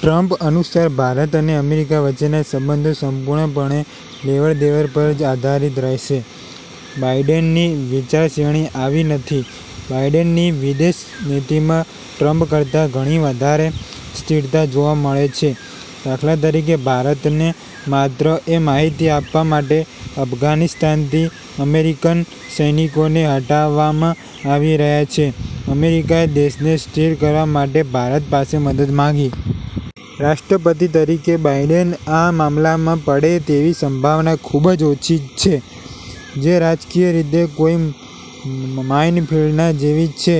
Trump અનુસાર ભારત અને America વચ્ચેના સંબંધો સંપૂર્ણપણે લેવડ-દેવડ પર જ આધારિત રહેશે. બાઇડેનની વિચારશ્રેણી આવી નથી. બાઇડેનની વિદેશ નીતિમાં ટ્રમ્પ કરતા ઘણી વધારે સ્થિરતા જોવા મળે છે. દાખલા તરીકે ભારતને માત્ર એ માહિતી આપવા માટે અફઘાનિસ્તાનથી અમેરિકન સૈનિકોને હટાવામાં આવી રહ્યા છે, અમેરિકા એ દેશને સ્થિર કરવા માટે ભારત પાસે મદદ માંગી. રાષ્ટ્રપતિ તરીકે બાઇડેન આ મામલામાં પડે તેવી સંભાવના ખુબ ઓછી જ છે, જે રાજકીય રીતે કોઇ માઇનફીલ્ડના જેવી છે.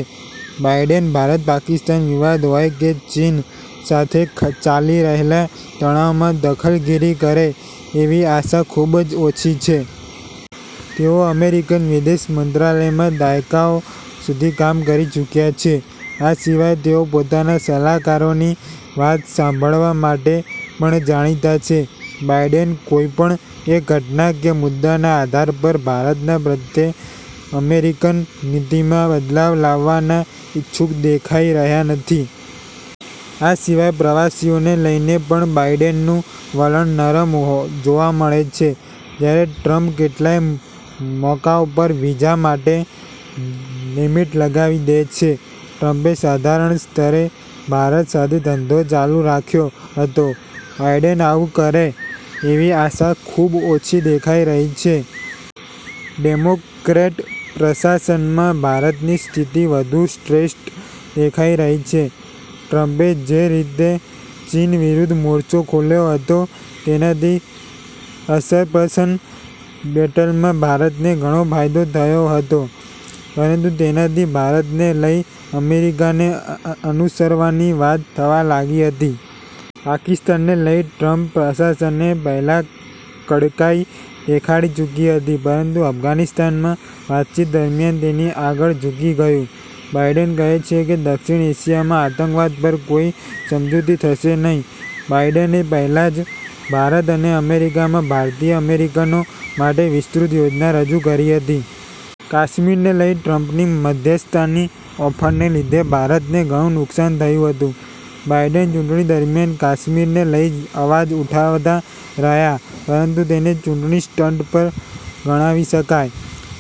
બાઇડેન ભારત-પાકિસ્તાન વિવાદ હોય કે ચીન સાથે ચાલી રહેલા તણાવમાં દખલગીરી કરે એવી આશા ખુબ ઓછી છે. તેઓ અમેરિકન વિદેશ મંત્રાલયમાં દાયકાઓ સુધી કામ કરી ચૂકયા છે. આ સિવાય તેઓ પોતાના સલાહકારોની વાત સાંભળવા માટે પણ જાણીતા છે. બાઇડેન કોઇપણ એક ઘટના કે મુદ્દાના આધાર પર ભારતના પ્રત્યે અમેરિકન નીતિમાં બદલાવ લાવવાના ઇચ્છુક દેખાઈ રહ્યા નથી. આ સિવાય પ્રવાસીઓને લઇને પણ બાઇડેનનું વલણ નરમ જોવા મળે છે, જ્યારે ટ્રમ્પ કેટલાંય મોકાઓં પર વીઝા માટે લિમિટ લગાવી દે છે. ટ્રમ્પે સાધારણ સ્તરે ભારત સાથે ધંધો ચાલુ રાખ્યો હતો. બાઇડેન આવું કરે એવી આશા ખુબ ઓછી દેખાઈ રહી છે. ડેમોક્રેટ પ્રશાસનમાં ભારતની સ્થિતિ વધુ શ્રેષ્ઠ દેખાઇ રહી છે. ટ્રમ્પે જે રીતે ચીન વિરુદ્ધ મોરચો ખોલ્યો હતો તેનાથી પર્સેપ્શન બેટલમાં ભારતને ઘણો ફાયદો થયો હતો, પરંતુ તેનાથી ભારતને લઇ અમેરિકાને અનુસરવાની વાત થવા લાગી હતી. પાકિસ્તાનને લઇ ટ્રમ્પ પ્રશાસનને પહેલાં કડકાઇ દેખાડી ચુકી હતી, પરંતુ અફઘાનિસ્તાનમાં વાતચીત દરમિયાન તેની આગળ ઝૂકી ગયું. બાઇડેન કહે છે કે, દક્ષિણ એશિયામાં આતંકવાદ પર કોઇ સમજૂતી થશે નહીં. બાઇડેને પહેલાં જ ભારત અને અમેરિકામાં ભારતીય-અમેરિકનો માટે વિસ્તૃત યોજના રજુ કરી હતી. કાશ્મીરને લઇ ટ્રમ્પની મધ્યસ્થતાની ઓફરને લીધે ભારતને ઘણું નુકશાન થયું હતું. બાઇડેન ચુંટણી દરમિયાન કાશ્મીરને લઇ અવાજ ઉઠાવતા રહ્યા, પરંતુ તેને ચૂંટણી સ્ટંટ પણ ગણાવી શકાય.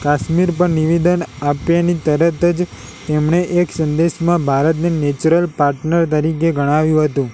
કાશ્મીર પર નિવેદન આપ્યાની તરત જ તેમણે એક સંદેશમાં ભારતને 'નેચરલ પાર્ટનર' તરીકે ગણાવ્યું હતું.